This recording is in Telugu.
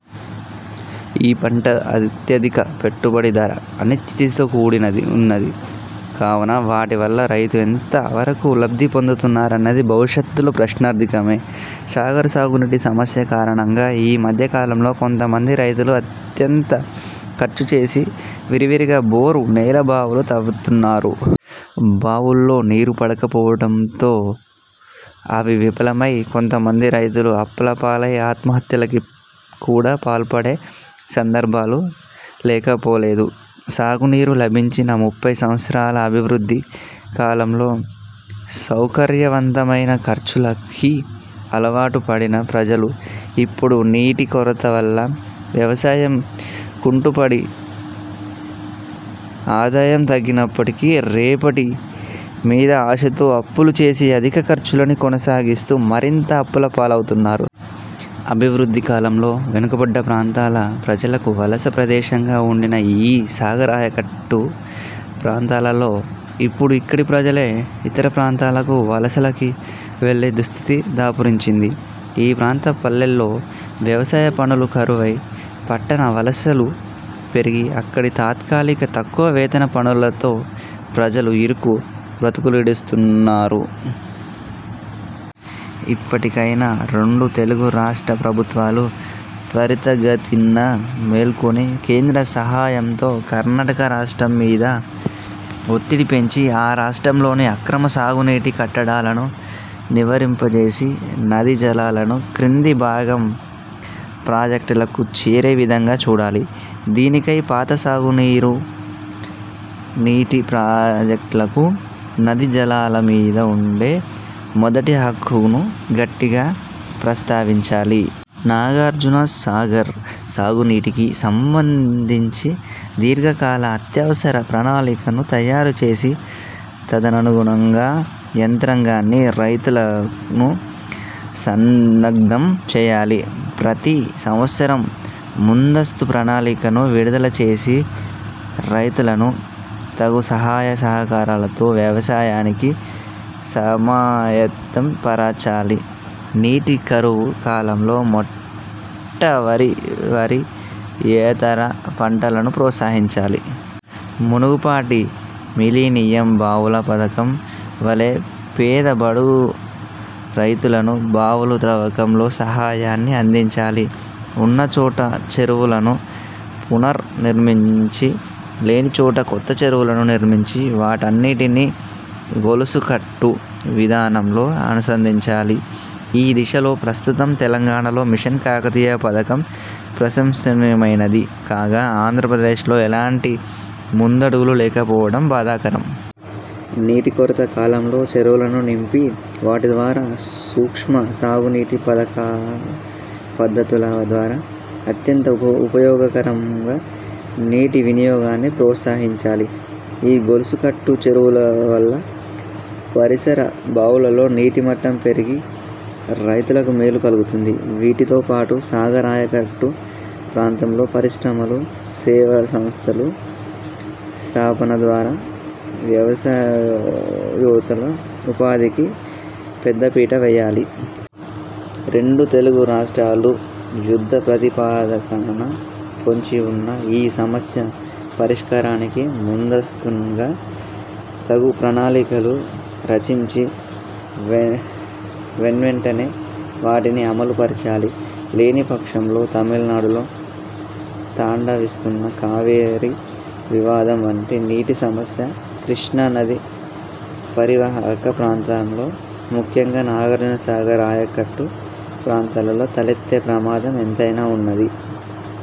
ఈ పంట అత్యధిక పెట్టుబడి, ధర అనిశ్చితితో కూడివున్నది కావున, వాటి వల్ల రైతు ఎంత వరకు లబ్ధిపొందుతారన్నది భవిష్యత్తులో ప్రశ్నార్థకమే. సాగర్ సాగునీటి సమస్య కారణంగా ఈ మధ్య కాలంలో కొంతమంది రైతులు అత్యంత ఖర్చు చేసి విరివిరిగా బోరు, నేల బావులు త్రవ్వుతున్నారు. బావుల్లో నీరు పడకపోవడంతో, అవి విఫలమై, కొంతమంది రైతులు అప్పులపాలై ఆత్మహత్యకి కూడా పాల్పడే సందర్భాలు లేకపోలేదు. సాగునీరు లభించిన ముప్పై సంవత్సరాల అభివృద్ధి కాలంలో సౌకర్యవంతమైన ఖర్చులకి అలవాటుపడిన ప్రజలు, ఇప్పుడు నీటి కొరతవల్ల వ్యవసాయం కుంటుపడి, ఆదాయం తగ్గినప్పటికీ, రేపటి మీద ఆశతో అప్పులు చేసి అధిక ఖర్చులను కొనసాగిస్తూ, మరింత అప్పుల పాలవుతున్నారు. అభివృద్ధి కాలంలో, వెనుకబడ్డ ప్రాంతాల ప్రజలకు వలస ప్రదేశంగా వుండిన ఈ సాగర్ ఆయకట్టు ప్రాంతాలలో, ఇప్పుడు ఇక్కడి ప్రజలే ఇతర ప్రాంతాలకు వలసలకి వెళ్ళే దుస్థితి దాపురించింది. ఈ ప్రాంత పల్లెల్లో వ్యవసాయ పనులు కరువై పట్టణ వలసలు పెరిగి అక్కడ తాత్కాలిక, తక్కువ వేతన పనులతో ప్రజలు ఇరుకు బ్రతుకులీడుస్తున్నారు. ఇప్పటికైనా, రెండు తెలుగు రాష్ట్ర ప్రభుత్వాలు త్వరితగతిన మేల్కొని, కేంద్రం సహాయంతో కర్ణాటక రాష్ట్రం మీది ఒత్తిడి పెంచి, ఆ రాష్ట్రంలోని అక్రమ సాగునీటి కట్టడాలను నివారింపజేసి నదీ జలాలను క్రింది భాగం ప్రాజెక్టులకు చేరే విధంగా చూడాలి. దీనికై పాత సాగు నీటి ప్రాజెక్టులకు నదీ జలాల మీద ఉండే మొదటి హక్కును గట్టిగా ప్రస్తావించాలి. నాగార్జున సాగర్ సాగునీటికీ సంబంధించి దీర్ఘ కాల, అత్యవసర ప్రణాళికను తయారుచేసి తదనుగుణంగా యంత్రాంగాన్ని, రైతులను సన్నద్ధం చేయాలి. ప్రతి సంవత్సరం ముందస్తు ప్రణాళికను విడుదలచేసి రైతులను తగుసహాయ సహకారాలతో వ్యవసాయానికి సమాయత్తం పరచాలి. నీటి కరువు కాలంలో మొట్ట వరి, వరి యేతర పంటలను ప్రోత్సహించాలి. మునుపటి మిలీనియం బావుల పథకం వలె పేద బడుగు రైతులకు బావుల త్రవ్వకంలో సహాయాన్ని అందించాలి. ఉన్నచోట చెరువులను పునర్ నిర్మించి లేనిచోట కొత్త చెరువులను నిర్మించి వాటన్నింటిని గొలుసుకట్టు విధానంలో అనుసంధానించాలి. ఈ దిశలో ప్రస్తుతం తెలంగాణలో మిషన్ కాకతీయ పథకం ప్రశంసనీయమైనది కాగా, ఆంధ్ర ప్రదేశ్లో ఎలాంటి ముందడుగులు లేకపోవటం బాధాకరం. నీటి కొరత కాలంలో చెరువులను నింపి వాటి ద్వారా సూక్ష్మ సాగు నీటి పద్ధతుల ద్వారా అత్యంత ఉపయోగకరంగా నీటి వినియోగాన్ని ప్రోత్సహించాలి. ఈ గొలుసుకట్టు చెరువులవల్ల పరిసర బావులలో నీటిమట్టం పెరిగి రైతులకు మేలు కలుగుతుంది. వీటితో పాటు సాగర్ ఆయకట్టు ప్రాంతంలో పరిశ్రమలు సేవలసంస్థల స్థాపనద్వారా వ్యవసాయేతర ఉపాధికి పెద్దపీట వెయ్యాలి. రెండు తెలుగు రాష్ట్రాలు యుద్ధప్రాతిపదికన పొంచివున్న ఈ సమస్య పరిష్కారానికి ముందస్తుగా తగు ప్రణాళికలు రచించి వెన్వెంటనే వాటిని అమలు పరచాలి. లేనిపక్షంలో తమిళనాడులో తాండవిస్తున్న కావేరీ వివాదం వంటి నీటి సమస్య కృష్ణా నదీపరివాహక ప్రాంతంలో ముఖ్యంగా నాగార్జున సాగర్ ఆయకట్టు ప్రాంతాలలో తలెత్తే ప్రమాదం ఎంతైనా వున్నది.